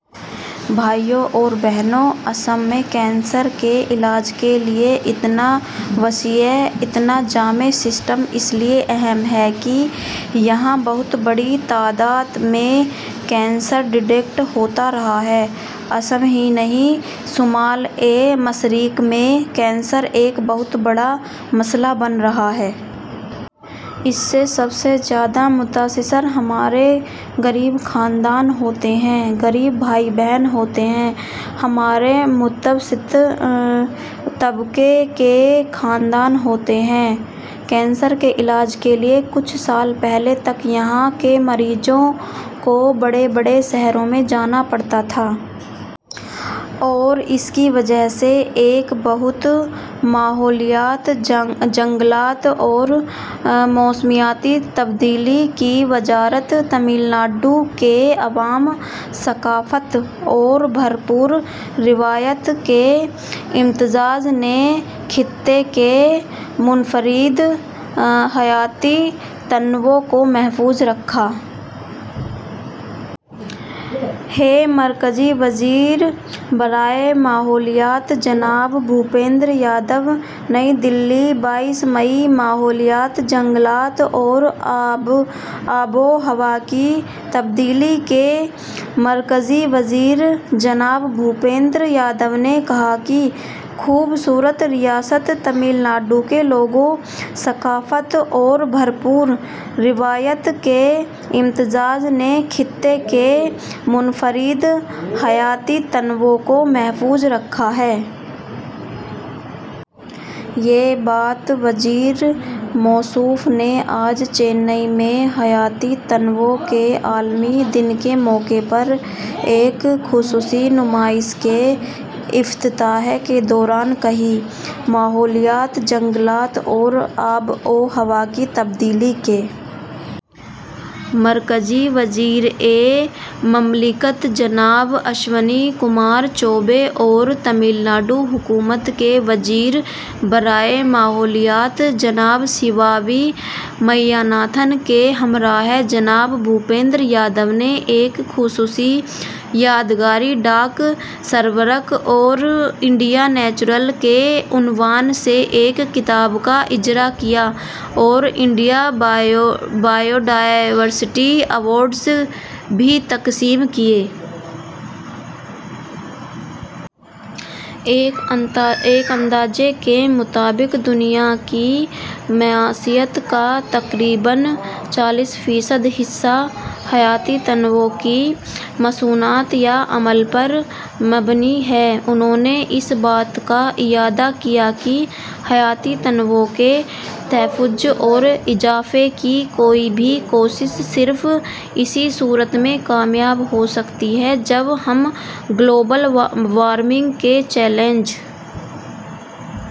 بھائیو اور بہنو، آسام میں کینسر کے علاج کے لیے اتنا وسیع، اتنا جامع سسٹم اس لیے اہم ہے کہ یہاں بہت بڑی تعداد میں کینسر ڈیٹیکٹ ہوتا رہا ہے۔ آسام ہی نہیں، شمال مشرق میں کینسر ایک بہت بڑا مسئلہ بن رہا ہے۔ اس سے سب سے زیادہ متاثر ہمارے غریب خاندان ہوتے ہیں، غریب بھائی بہن ہوتے ہیں، ہمارے متوسط طبقے کے خاندان ہوتے ہیں۔ کینسر کے علاج کے لیے کچھ سال پہلے تک یہاں کے مریضوں کو بڑے بڑے شہروں میں جانا پڑتا تھا۔ اور اس کی وجہ سے ایک بہت... ماحولیات، جنگلات اور موسمیاتی تبدیلی کی وزارت تمل ناڈو کے عوام، ثقافت اور بھرپور روایت کے امتزاج نے خطے کے منفرد حیاتیاتی تنوع کو محفوظ رکھا ہے: مرکزی وزیر برائے ماحولیات جناب بھوپندر یادو نئی دہلی، بائیس مئی: ماحولیات، جنگلات اور آب و ہوا کی تبدیلی کے مرکزی وزیر جناب بھوپندر یادو نے کہا کہ "خوبصورت ریاست تمل ناڈو کے لوگوں، ثقافت اور بھرپور روایت کے امتزاج نے خطے کے منفرد حیاتیاتی تنوع کو محفوظ رکھا ہے۔" یہ بات وزیر موصوف نے آج چنئی میں حیاتیاتی تنوع کے عالمی دن کے موقع پر ایک خصوصی نمائش کے افتتاح کے دوران کہی۔ ماحولیات، جنگلات اور آب و ہوا کی تبدیلی کے مرکزی وزیر مملکت جناب اشونی کمار چوبے اور تمل ناڈو حکومت کے وزیر برائے ماحولیات جناب سیوا وی میاناتھن کے ہمراہ جناب بھوپندر یادو نے ایک خصوصی یادگاری ڈاک سرورق اور ''انڈیا نیچرل'' کے عنوان سے ایک کتاب کا اجرا کیا اور انڈیا بائیو ڈائورسٹی ایوارڈز بھی تقسیم کیے۔ ایک اندازے کے مطابق دنیا کی معیشت کا تقریباً چالیس فیصد حصہ حیاتیاتی مصنوعات یا عمل پر مبنی ہے۔ انھوں نے اس بات کا اعادہ کیا کہ حیاتیاتی تنوع کے تحفظ اور اضافے کی کوئی بھی کوشش صرف اسی صورت میں کامیاب ہو سکتی ہے جب ہم گلوبل وارمنگ کے چیلنج...